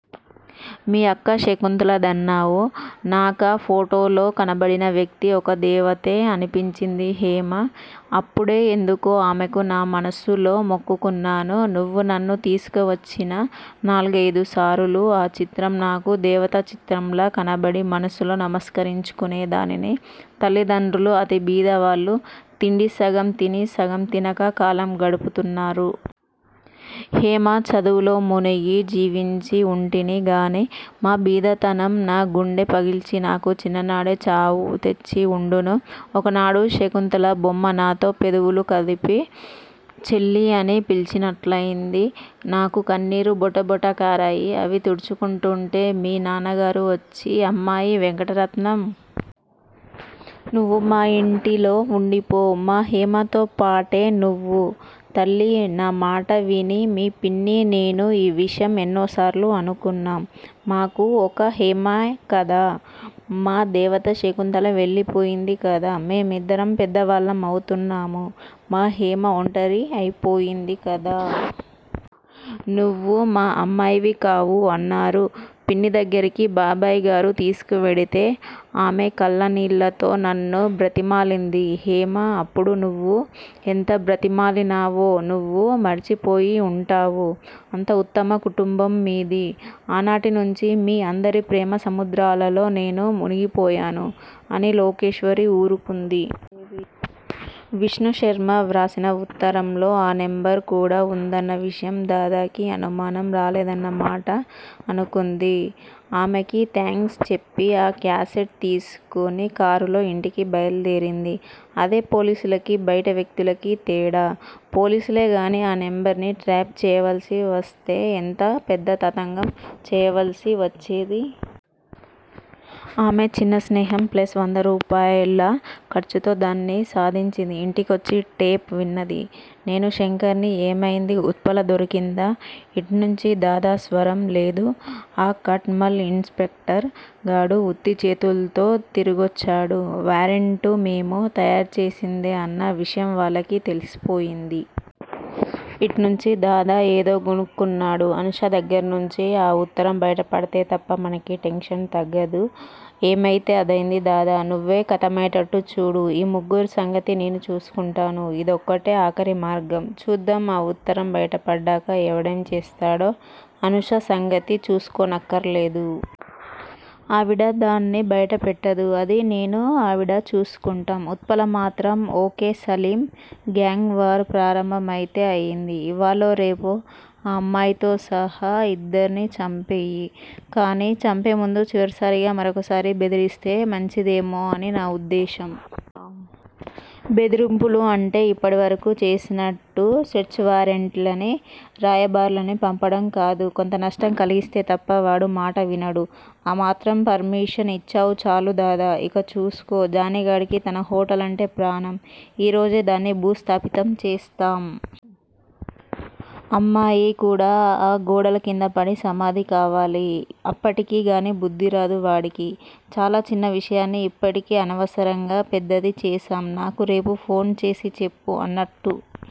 మీ అక్క శకుంతలదన్నావు. నాకా ఫొటోలో కనబడిన వ్యక్తి ఒక దేవతే అనిపించింది హేమా. అప్పుడే ఎందుకో ఆమెకు నా మనస్సులో మొక్కుకొన్నాను. నువ్వు నన్ను తీసుకువచ్చిన నాల్గయిదుసారులు ఆ చిత్రం నాకు దేవతా చిత్రంలా కనబడి మనస్సులో నమస్కరించుకొనేదానిని. తల్లిదండ్రులు అతి బీదవాళ్ళు. తిండి సగం తినీ సగం తినక కాలం గడుపుతున్నారు. హేమా, చదువులో మునిగి జీవించి ఉంటిని గాని మా బీదతనం నా గుండె పగిల్చి నాకు చిన్ననాడే చావుతెచ్చిఉండును. ఒకనాడు శకుంతల బొమ్మ నాతో పెదవులు కదిపి చెల్లీ అని పిలచినట్లయింది. నాకు కన్నీరు బొటబొట కారాయి. అవి తుడుచుకొంటూంటే మీ నాన్నగారు వచ్చి అమ్మాయీ వెంకటరత్నం! నువ్వు మా యింటిలో వుండిపో. మా హేమతోపాటే నువ్వు. తల్లీ, నా మాట విని. మీ పిన్నీ, నేనూ ఈ విషయం ఎన్నిసార్లో అనుకున్నాం. మాకు ఒక హేమే కదా! మా దేవత శకుంతల వెళ్ళిపోయింది కదా! మేం ఇద్దరం పెద్దవాళ్ళ మవుతున్నాము. మా హేమ ఒంటరి అయిపోయింది కదా! నువ్వు మా అమ్మాయివి కావూ? అన్నారు. పిన్ని దగ్గరకు బాబాయిగారు తీసుకువెడితే, ఆమె కళ్ళనీళ్ళతో నన్ను బ్రతిమాలింది. హేమా! అప్పుడు నువ్వూ ఎంత బ్రతిమాలినావో, నువ్వు మరిచిపోయి ఉంటావు. అంత ఉత్తమ కుటుంబం మీది. ఆనాటినుంచీ మీ అందరి ప్రేమసముద్రాలలో నేను మునిగిపోయాను! అని లోకేశ్వరి ఊరుకుంది. విష్ణు శర్మ వ్రాసిన వుత్తరంలో ఆ నెంబర్ కూడా వుందన్న విషయం, దాదాకి అనుమానం రాలేదన్నమాట అనుకుంది. ఆమెకి థాంక్స్ చెప్పి ఆ క్యాసెట్ తీసుకుని కారులో ఇంటికి బయల్దేరింది. అదే పోలీసులకీ, బయటి వ్యక్తులకీ తేడా! పోలీసులే గానీ ఆ నెంబర్ ని ట్రాప్ చేయవలసి వస్తే ఎంతో పెద్ద తతంగం చేయవలసి వచ్చేది. ఆమె చిన్న స్నేహం ప్లస్ వంద రూపాయిల ఖర్చుతో దాన్ని సాధించింది. ఇంటికొచ్చి టేప్ విన్నది. నేనూ శంకర్ ని ఏమైంది? ఉత్పల దొరికిందా? ఇట్నుంచి దాదా స్వరం. లేదు. ఆ కట్ మల్ ఇన్ స్పెక్టర్ గాడు వుత్తిచేతుల్తో తిరిగొచ్చాడు. వారెంటు మేము తయారుచేసిందే అన్న విషయం వాళ్ళకి తెలిసిపోయింది. ఇట్నుంచి దాదా ఏదో గొణుక్కున్నాడు. అనూష దగ్గిర్నుంచి ఆ వుత్తరం బయటపడితే తప్ప మనకీ టెన్షన్ తగ్గదు. ఏమయితే అదయింది దాదా. నువ్వే ఖతమయ్యేట్టు చూడు. ఈ ముగ్గురి సంగతి నేను చూసుకుంటాను. ఇదొక్కటే ఆఖరి మార్గం. చూద్దాం ఆ వుత్తరం బయట పడ్డాక ఎవడేం చేస్తాడో అనూష సంగతి చూసుకోనక్కర్లేదు. ఆవిడ దాన్ని బయటపెట్టదు. అది నేనూ ఆవిడా చూసుకుంటాం. ఉత్పల మాత్రం okay Salim- gang war ప్రారంభం అయితే అయింది. ఇవ్వాళో రేపో ఆ అమ్మాయితో సహా ఇద్దర్నీ చంపెయ్యి. కానీ చంపేముందు చివరిసారిగా మరొకసారి బెదిరిస్తే మంచిదేమో అని నా ఉద్దేశం బెదిరింపులు అంటే ఇప్పటివరకూ చేసినట్టు సెర్చి వారెంట్లని- రాయబారులని పంపటం కాదు. కొంత నష్టం కలిగిస్తే తప్ప వాడు మాట వినడు. ఆ మాత్రం పర్మిషన్ ఇచ్చావ్ చాలు దాదా! ఇక చూసుకో! జానీగాడికి తన హొటల్ అంటే ప్రాణం. ఈ రోజే దాన్ని భూస్థాపితం చేస్తాం. అమ్మాయి కూడా ఆ గోడల కిందపడి సమాధి కావాలి. అప్పటికి గానీ బుద్ధిరాదు వాడికి. చాలా చిన్న విషయాన్ని ఇప్పటికే అనవసరంగా పెద్దది చేసాం నాకు రేపు ఫోన్ చేసి చెప్పు. అన్నట్టు